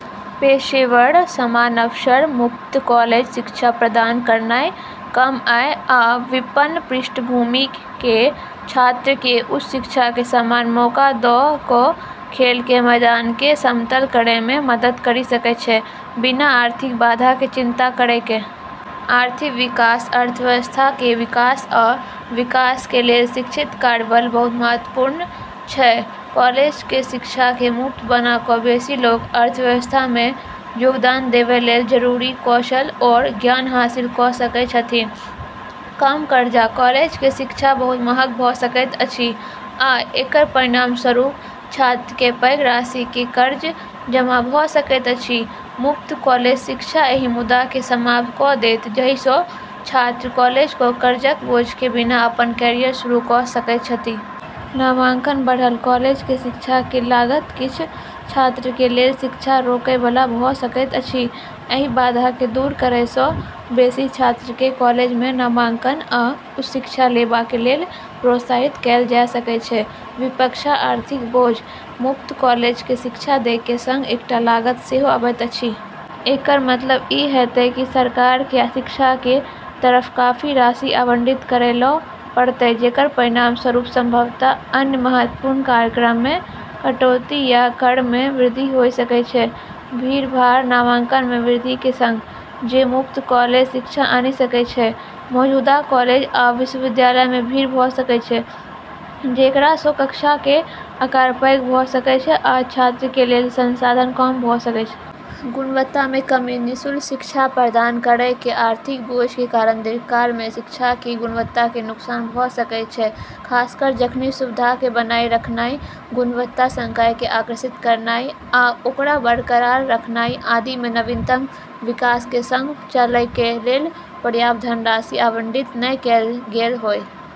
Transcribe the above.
पेशेवर: समान अवसर: मुफ्त कॉलेज शिक्षा प्रदान करनाइ कम आय आ विपन्न पृष्ठभूमिके छात्रके उच्च शिक्षाके समान मौका द' क' खेलके मैदानके समतल करैमे मदद करि सकै छै, बिना आर्थिक बाधाके चिंता करैके। आर्थिक विकास: अर्थव्यवस्थाके विकास आ विकासके लेल शिक्षित कार्यबल बहुत महत्वपूर्ण छै। कॉलेजके शिक्षाके मुफ्त बना क' बेशी लोक अर्थव्यवस्थामे योगदान देबय लेल जरूरी कौशल आओर ज्ञान हासिल क' सकय छथिन्ह। कम कर्जा: कॉलेजके शिक्षा बहुत महग भ' सकैत अछि आ एकर परिणामस्वरूप छात्रके पैघ राशिके कर्ज जमा भ' सकैत अछि मुफ्त कॉलेज शिक्षा एहि मुद्दाके समाप्त क' देत, जाहिसँ छात्र कॉलेज क' कर्जक बोझके बिना अपन कैरियर शुरू क' सकैत छथि। नामांकन बढ़ल: कॉलेजके शिक्षाके लागत किछ छात्रके लेल शिक्षा रोकैबला भ' सकैत अछि। एहि बाधाके दूर करैसँ बेशी छात्रके कॉलेजमे नामांकन आ उच्च शिक्षा लेबाके लेल प्रोत्साहित कैल जा सकै छै। विपक्ष: आर्थिक बोझ: मुफ्त कॉलेजके शिक्षा दैके सङ्ग एकटा लागत सेहो अबैत अछि। एकर मतलब ई हेतै कि सरकारके शिक्षाके तरफ काफी राशि आवंटित करै ल' पड़तै, जेकर परिणामस्वरूप संभवतः अन्य महत्वपूर्ण कार्यक्रममे कटौती या करमे वृद्धि होइ सकै छै। भीड़भाड़: नामांकनमे वृद्धिके सङ्ग जे मुफ्त कॉलेज शिक्षा आनि सकै छै, मौजूदा कॉलेज आ विश्वविद्यालयमे भीड़ भ' सकै छै, जेकरासँ कक्षाके आकार पैघ भ' सकै छै आ छात्रके लेल संसाधन कम भ' सकै छै। गुणवत्तामे कमी: निःशुल्क शिक्षा प्रदान करैके आर्थिक बोझके कारण दीर्घकालमे शिक्षाके गुणवत्ताके नुकसान भ' सकै छै, खासकर जखनि सुविधाके बनाइ रखनाइ, गुणवत्ता संकायके आकर्षित करनाइ आ ओकरा बरकरार रखनाइ आदिमे नवीनतम विकासके सङ्ग चलैके लेल पर्याप्त धनराशि आवंटित नहि कैल गेल होइ।